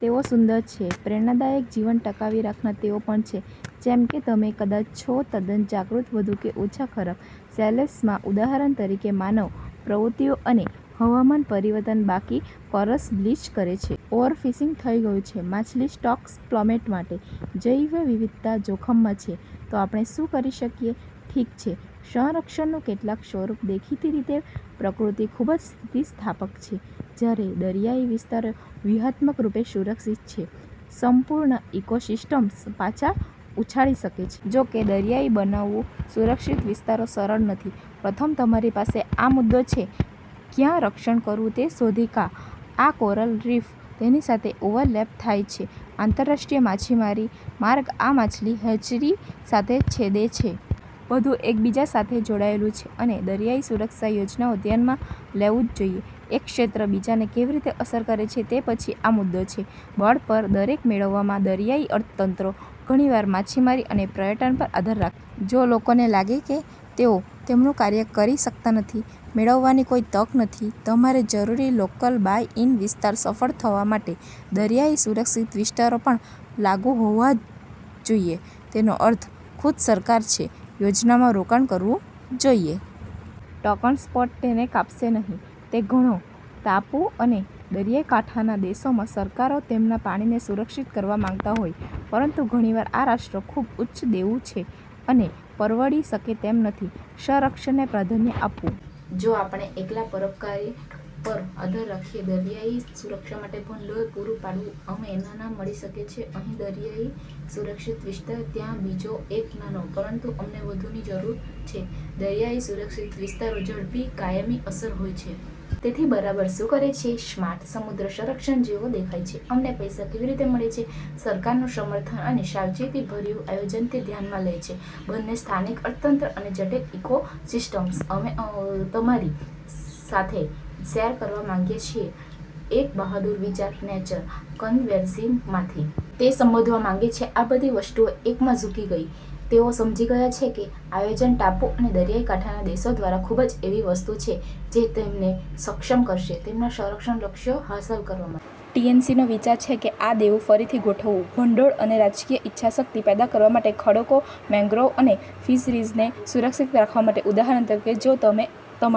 તેઓ સુંદર છે, પ્રેરણાદાયક, જીવન ટકાવી રાખનાર. તેઓ પણ છે, જેમ કે તમે કદાચ છો તદ્દન જાગૃત, વધુ કે ઓછા ખરાબ. સેલેસના, ઉદાહરણ તરીકે, માનવ પ્રવૃત્તિઓ અને હવામાન પરિવર્તન બાકી કોરસ બ્લીચ કરે છે. ઓવરફિશિંગ થઈ ગયું છે માછલી સ્ટોક્સ પ્લમેટ માટે. જૈવવિવિધતા જોખમમાં છે. તો આપણે શું કરી શકીએ? ઠીક છે, સંરક્ષણનું કેટલાક સ્વરૂપ, દેખીતી રીતે. પ્રકૃતિ ખૂબ જ સ્થિતિસ્થાપક છે. જ્યારે દરિયાઇ વિસ્તારો વ્યૂહાત્મક રૂપે સુરક્ષિત છે, સંપૂર્ણ ઇકોસિસ્ટમ્સ પાછા ઉછાળી શકે છે. જો કે, દરિયાઇ બનાવવું સુરક્ષિત વિસ્તારો સરળ નથી. પ્રથમ, તમારી પાસે આ મુદ્દો છે ક્યાં રક્ષણ કરવું તે શોધી કા. આ કોરલ રીફ તેની સાથે ઓવરલેપ થાય છે આંતરરાષ્ટ્રીય માછીમારી માર્ગ, આ માછલી હેચરી સાથે છેદે છે. બધું એકબીજા સાથે જોડાયેલું છે. અને દરિયાઇ સુરક્ષા યોજનાઓ ધ્યાનમાં લેવું જ જોઇએ એક ક્ષેત્ર બીજાને કેવી રીતે અસર કરે છે. તે પછી, આ મુદ્દો છે બોર્ડ પર દરેક મેળવવામાં. દરિયાઇ અર્થતંત્રો ઘણીવાર માછીમારી અને પર્યટન પર આધાર રા જો લોકોને લાગે કે તેઓ તેમનું કાર્ય કરી શકતા નથી, મેળવવાની કોઈ તક નથી તમારે જરૂરી લોકલ બાય-ઇન વિસ્તાર સફળ થવા માટે. દરિયાઇ સુરક્ષિત વિસ્તારો પણ લાગુ હોવા જ જોઈએ. તેનો અર્થ ખુદ સરકાર છે યોજનામાં રોકાણ કરવું જોઇએ. ટોકન સ્પોર્ટ તેને કાપશે નહીં. તે ઘણો. ટાપુ અને દરિયાઈકાંઠાના દેશોમાં સરકારો તેમના પાણીને સુરક્ષિત કરવા માંગતા હોય, પરંતુ ઘણી વાર આ રાષ્ટ્રો ખૂબ ઉચ્ચ દેવું છે અને પરવડી શકે તેમ નથી સંરક્ષણને પ્રાધાન્ય આપવું. જો આપણે એકલા પરોપકારી પર આધાર રાખીએ દરિયાઇ સુરક્ષા માટે ભંડોળ પૂરું પાડવું, અમે નાના મળી શકે છે અહીં દરિયાઇ-સુરક્ષિત વિસ્તાર, ત્યાં બીજો એક નાનો. પરંતુ અમને વધુની જરૂર છે દરિયાઇ સુરક્ષિત વિસ્તારો ઝડપી, કાયમી અસર હોય છે. તેથી બરાબર શું કરે છે સ્માર્ટ સમુદ્ર સંરક્ષણ જેવો દેખાય છે? અમને પૈસા કેવી રીતે મળે છે, સરકારનું સમર્થન અને સાવચેતીભર્યું આયોજન તે ધ્યાનમાં લે છે બંને સ્થાનિક અર્થતંત્ર અને જટિલ ઇકોસિસ્ટમ્સ? અમે અ તમારી સાથે શેર કરવા માંગીએ છીએ એક બહાદુર વિચાર નેચર કન્ઝવેસીનમાંથી. તે સંબોધવા માંગે છે આ બધી વસ્તુઓ એકમાં ઝૂકી ગઈ. તેઓ સમજી ગયા છે કે આયોજન ટાપુ અને દરિયાઈકાંઠાના દેશો દ્વારા ખૂબ જ એવી વસ્તુ છે જે તેમને સક્ષમ કરશે તેમના સંરક્ષણ લક્ષ્યો હાંસલ કરવા મા ટી. એન. સી. નો વિચાર છે કે આ દેવું ફરીથી ગોઠવવું, ભંડોળ અને રાજકીય ઇચ્છાશક્તિ પેદા કરવા માટે ખડકો, મેંગ્રોવ અને ફિશરીઝને સુરક્ષિત રાખવા માટે. ઉદાહરણ તરીકે, જો તમે તમા